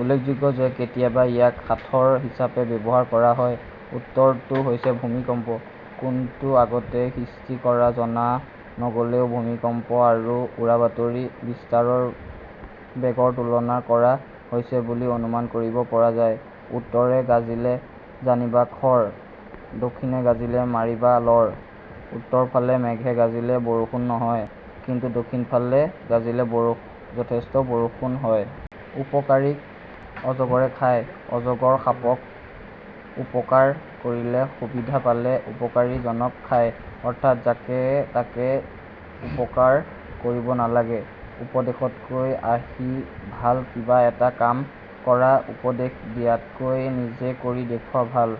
উল্লেখনীয় যে, কেতিয়াবা ইয়াক সাঁথৰ হিচাপেও ব্যৱহাৰ কৰা হয়। উত্তৰটো হৈছে "ভূমিকম্প। " কোনটো আগতে সৃষ্টি কৰা জনা নগ'লেও ভূমিকম্প আৰু উৰাবাতৰিৰ বিস্তাৰৰ বেগৰ তুলনা কৰা হৈছে বুলি অনুমান কৰিব পৰা যায়। উত্তৰে গাজিলে জানিবা খৰ, দক্ষিণে গাজিলে মাৰিবা লৰ: উত্তৰ ফালে মেঘে গাজিলে বৰষুণ নহয়, কিন্তু দক্ষিণ ফালে গাজিলে যথেষ্ট বৰষুণ হয়। উপকাৰীক অজগৰে খায়: অজগৰ সাপক উপকাৰ কৰিলেও সুবিধা পালে উপকাৰি জনক খায়, অৰ্থাৎ যাকে তাকে উপকাৰ কৰিব নালাগে। উপদেশতকৈ আৰ্হি ভাল: কিবা এটা কাম কৰাৰ উপদেশ দিয়াতকৈ নিজে কৰি দেখুওৱা ভাল।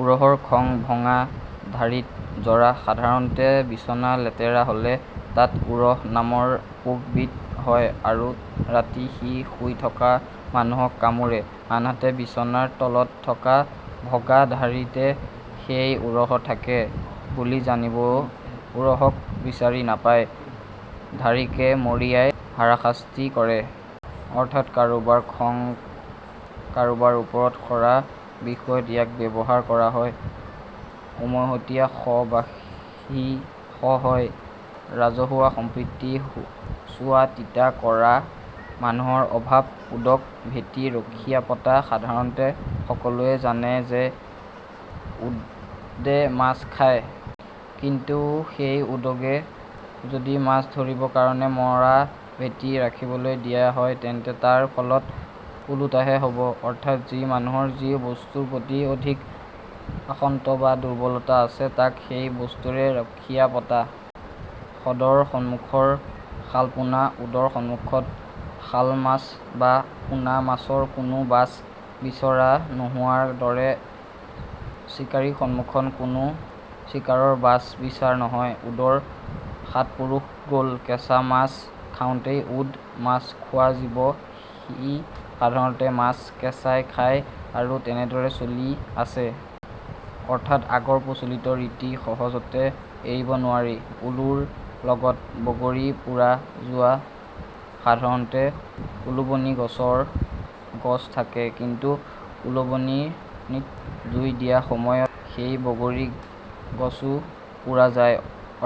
উৰহৰ খং ভঙা ঢাৰীত জৰা: সাধাৰণতে বিছনা লেতেৰা হ'লে তাত উৰহ নামৰ পোক বিধ হয় আৰু ৰাতি সি শুই থকা মানুহক কামোৰে। আনহাতে বিছনাৰ তলত থকা ভগা ঢাৰীতে সেই উৰহ থাকে বুলি জানি উৰহক বিচাৰি নাপাই ঢাৰীকে মৰিয়াই হাৰাশাস্তি কৰে। অৰ্থাৎ কাৰোবাৰ খং কাৰোবাৰ ওপৰত সৰা বিষয়ত ইয়াক ব্যৱহাৰ কৰা হয়। উমৈহতীয়া শ বাহী শ হয়: ৰাজহুৱা সম্পত্তি চোৱা চিতা কৰা মানুহৰ অভাৱ। উদক ভেটা ৰখীয়া পতা: সাধাৰণতে সকলোৱে জানে যে উদে মাছ খায়। কিন্তু সেই উদকে যদি মাছ ধৰিবৰ কাৰণে মৰা ভেটা ৰাখিবলৈ দিয়া হয় তেন্তে তাৰ ফল ওলোটাহে হ'ব। অৰ্থাৎ যি মানুহৰ যি বস্তুৰ প্ৰতি অধিক আসক্ত বা দুৰ্বলতা আছে তাক সেই বস্তুৰে ৰখিয়া পতা। উদৰ সম্মুখৰ শালপোণা: উদৰ সম্মুখত শাল মাছ বা পোনা মাছৰ কোনো বাচ বিচাৰ নোহোৱাৰ দৰে চিকাৰীৰ সন্মুখত কোনো চিকাৰৰ বাচ বিচাৰ নহয়। উদৰ সাতপুৰুষ গ'ল কেঁচা মাছ খাওঁতেই: উদ মাছ খোৱা জীৱ, সি সাধাৰণতে মাছ কেঁচাই খাই আৰু তেনেদৰেই চলি আছে। অৰ্থাৎ আগৰ প্ৰচলিত ৰীতি সহজতে এৰিব নোৱাৰা। উলুৰ লগত বগৰী পোৰা যোৱা: সাধাৰণতে উলুৱনিত বগৰি গছ থাকে, কিন্তু উলুৱনিত জুই দিয়াৰ সময়ত সেই বগৰি গছো পোৰা যায়।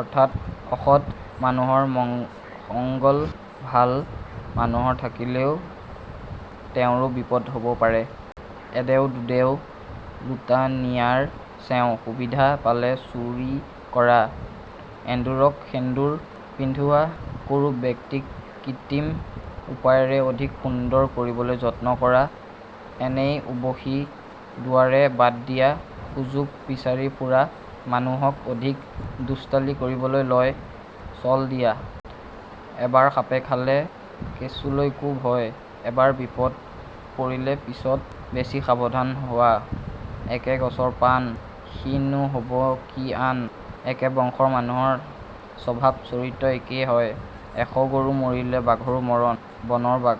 অৰ্থাৎ অসৎ মানুহৰ সঙ্গত ভাল মানুহ থাকিলেও তেওঁৰো বিপদ হ'ব পাৰে। এদেও, দুদেও, লোটা নিয়াৰ চেওঁ: সুবিধা পালে চুৰি কৰা। এন্দুৰক সেন্দূৰ পিন্ধোৱা: কুৰূপ ব্যক্তিক কৃত্ৰিম উপায়েৰে অধিক সুন্দৰ কৰিবলৈ যত্ন কৰা। এনেয়ে উৰ্বশী দুৱাৰে বাট দিয়া: সুযোগ বিচাৰি ফুৰা মানুহক অধিক দুষ্টালি কৰিবলৈ চল দিয়া। এবাৰ সাপে খালে কেঁচুলৈকো ভয়: এবাৰ বিপদত পৰিলে পিছ্ত বেছি সাৱধান হোৱা। একে গছৰ পাণ, সি নো হ'ব কি আন: একে বংশৰ মানুহৰ স্বভাৱ-চৰিত্ৰ একে হয়। এশ গৰু মাৰিলে বাঘৰো মৰণ: বনৰ বাঘ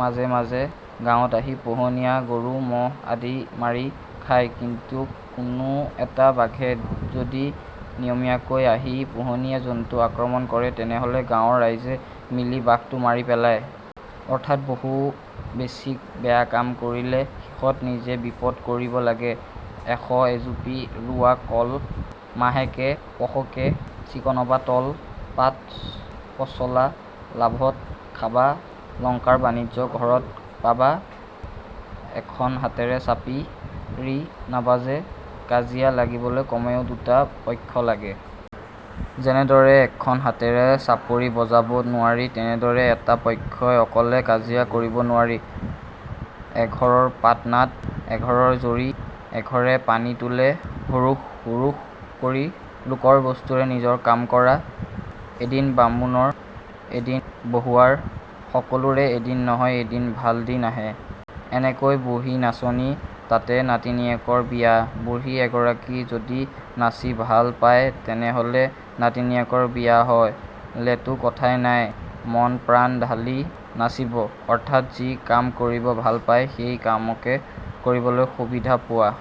মাজে মাজে গাঁৱত আহি পোহনীয়া গৰু মহ আদি মাৰি খায়, কিন্তু কোনো এটা বাঘে যদি নিয়মিয়াকৈ আহি পোহনীয়া জন্তু আক্ৰমণ কৰে তেনেহলে গাঁৱৰ ৰাইজে মিলি বাঘটো মাৰি পেলায়। অৰ্থাৎ বহু বেছি বেয়া কাম কৰিলে শেষত নিজে বিপদত পৰিব লাগে। এশ এজুপি ৰোবা কল মাহেকে পষেকে চিকুনাবা তল পাত-পচলা লাভত খাবা লংকাৰ বাণিজ্য ঘৰত পাবা এখন হাতেৰে চাপৰি নাবাজে: কাঁজিয়া লাগিবলৈ কমেও দুটা পক্ষ্য লাগে। যেনেদৰে এখন হাতেৰে চাপৰি বজাব নোৱাৰি তেনেদৰে এটা পক্ষ্যই অকলে কাঁজিয়া কৰিব নোৱাৰে। এঘৰৰ পাটনাদ, এঘৰৰ জৰী, এঘৰে পানী তুলে হুৰূস হুৰূস কৰি: লোকৰ বস্তুৰে নিজৰ কাম কৰা। এদিন বামুণৰ, এদিন বহুৱাৰ: সকলোৰে এদিন নহয় এদিন ভাল দিন আহে। এনেই বুঢ়ী নাচনী, তাতে নাতিনীয়েকৰ বিয়া: বুঢ়ী এগৰাকীয়ে যদি নাচি ভাল পায়, তেনেহলে নাতিনিয়েকৰ বিয়া হ ' লেতো কথাই নাই, মন প্ৰাণ ঢালি নাচিব॥ অৰ্থাৎ যি কাম কৰিব ভাল পায়, সেই কামকে কৰিবলৈ সুবিধা পোৱা।